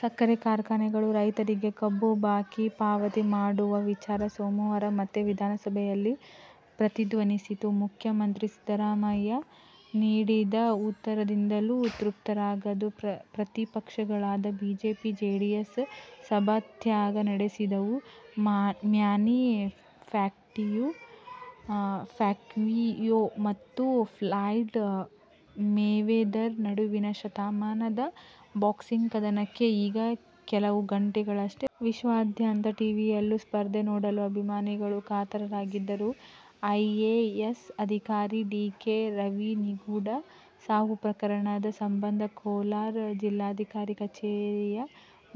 ಸಕ್ಕರೆ ಕಾರ್ಖಾನೆಗಳು ರೈತರಿಗೆ ಕಬ್ಬು ಬಾಕಿ ಪಾವತಿ ಮಾಡುವ ವಿಚಾರ ಸೋಮವಾರ ಮತ್ತೆ ವಿಧಾನಸಭೆಯಲ್ಲಿ ಪ್ರತಿಧ್ವನಿಸಿತು. ಮುಖ್ಯಮಂತ್ರಿ ಸಿದ್ದರಾಮಯ್ಯ ನೀಡಿದ ಉತ್ತರದಿಂದಲೂ ತೃಪ್ತರಾಗದ ಪ್ರತಿಪಕ್ಷಗಳಾದ ಬಿಜೆಪಿ-ಜೆಡಿಎಸ್ ಸಭಾತ್ಯಾಗ ನಡೆಸಿದವು. ಮ್ಯಾನಿ ಪ್ಯಾಕ್ವಿಯೋ ಮತ್ತು ಫ್ಲಾಯ್ಡ ಮೇವೆದರ್ ನಡುವಿನ ಶತಮಾನದ ಬಾಕ್ಸಿಂಗ್ ಕದನಕ್ಕೆ ಈಗ ಕೆಲವು ಗಂಟೆಗಳಷ್ಟೇ ಬಾಕಿ. ವಿಶ್ವಾದ್ಯಂತ ಟೀವಿಯಲ್ಲೂ ಸ್ಪರ್ಧೆ ನೋಡಲು ಅಭಿಮಾನಿಗಳು ಕಾತರರಾಗಿದ್ದಾರೆ. ಐಎಎಸ್ ಅಧಿಕಾರಿ ಡಿ. ಕೆ. ರವಿ ನಿಗೂಢ ಸಾವು ಪ್ರಕರಣದ ಸಂಬಂಧ ಕೋಲಾರ ಜಿಲ್ಲಾಧಿಕಾರಿ ಕಚೇರಿಯ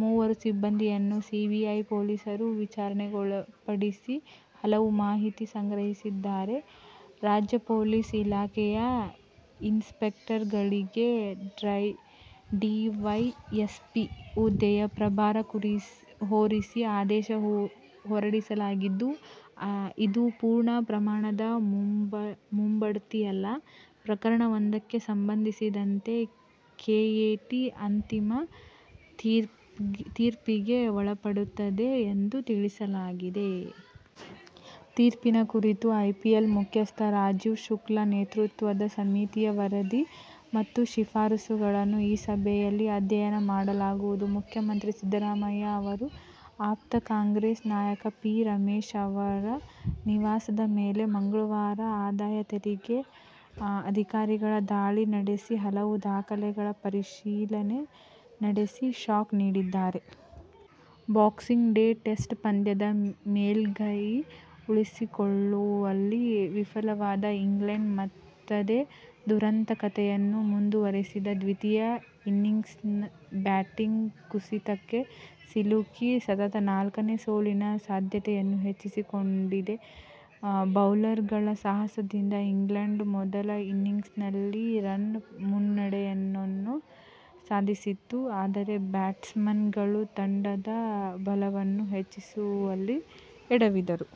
ಮೂವರು ಸಿಬ್ಬಂದಿಯನ್ನು ಸಿಬಿಐ ಪೊಲೀಸರು ವಿಚಾರಣೆಗೊಳಪಡಿಸಿ ಹಲವು ಮಾಹಿತಿ ಸಂಗ್ರಹಿಸಿದ್ದಾರೆ. ರಾಜ್ಯ ಪೊಲೀಸ್ ಇಲಾಖೆಯ ಇನ್ಸ್ಪೆಕ್ಟರ್ಗಳಿಗೆ ಡಿವೈಎಸ್ಪಿ ಹುದ್ದೆಯ ಪ್ರಭಾರ ಹೊರಿಸಿ ಆದೇಶ ಹೊರಡಿಸಲಾಗಿದ್ದು, ಇದು ಪೂರ್ಣ ಪ್ರಮಾಣದ ಮುಂಬಡ್ತಿಯಲ್ಲ, ಪ್ರಕರಣವೊಂದಕ್ಕೆ ಸಂಬಂಧಿಸಿದಂತೆ ಕೆಎಟಿ ಅಂತಿಮ ತೀರ್ಪಿಗೆ ಒಳಪಡುತ್ತದೆ ಎಂದು ತಿಳಿಸಲಾಗಿದೆ. ತೀರ್ಪಿನ ಕುರಿತು ಐಪಿಎಲ್ ಮುಖ್ಯಸ್ಥ ರಾಜೀವ್ ಶುಕ್ಲಾ ನೇತೃತ್ವದ ಸಮಿತಿಯ ವರದಿ ಮತ್ತು ಶಿಫಾರಸುಗಳನ್ನು ಈ ಸಭೆಯಲ್ಲಿ ಅಧ್ಯಯನ ಮಾಡಲಾಗುವುದು. ಮುಖ್ಯಮಂತ್ರಿ ಸಿದ್ದರಾಮಯ್ಯ ಅವರ ಆಪ್ತ, ಕಾಂಗ್ರೆಸ್ ನಾಯಕ ಪಿ. ರಮೇಶ್ ಅವರ ನಿವಾಸದ ಮೇಲೆ ಮಂಗಳವಾರ ಆದಾಯ ತೆರಿಗೆ ಅಧಿಕಾರಿಗಳು ದಾಳಿ ನಡೆಸಿ ಹಲವು ದಾಖಲೆಗಳ ಪರಿಶೀಲನೆ ನಡೆಸಿ ಶಾಕ್ ನೀಡಿದ್ದಾರೆ. ಬಾಕ್ಸಿಂಗ್ ಡೇ ಟೆಸ್ಟ್ ಪಂದ್ಯದ ಮೇಲುಗೈ ಉಳಿಸಿಕೊಳ್ಳುವಲ್ಲಿ ವಿಫಲವಾದ ಇಂಗ್ಲಂಡ್ ಮತ್ತದೇ ದುರಂತ ಕತೆಯನ್ನು ಮುಂದುವರಿಸಿದೆ. ದ್ವಿತೀಯ ಇನ್ನಿಂಗ್ಸ್ ಬ್ಯಾಟಿಂಗ್ ಕುಸಿತಕ್ಕೆ ಸಿಲುಕಿ ಸತತ ನಾಲ್ಕನೇ ಸೋಲಿನ ಸಾಧ್ಯತೆಯನ್ನು ಹೆಚ್ಚಿಸಿಕೊಂಡಿದೆ. ಬೌಲರ್ಗಳ ಸಾಹಸದಿಂದ ಇಂಗ್ಲಂಡ್ ಮೊದಲ ಇನ್ನಿಂಗ್ಸ್ನಲ್ಲಿ ರನ್ ಮುನ್ನಡೆಯನ್ನೇನೋ ಸಾಧಿಸಿತು. ಆದರೆ ಬ್ಯಾಟ್ಸ್ಮನ್ಗಳು ತಂಡದ ಬಲವನ್ನು ಹೆಚ್ಚಿಸುವಲ್ಲಿ ಎಡವಿದರು.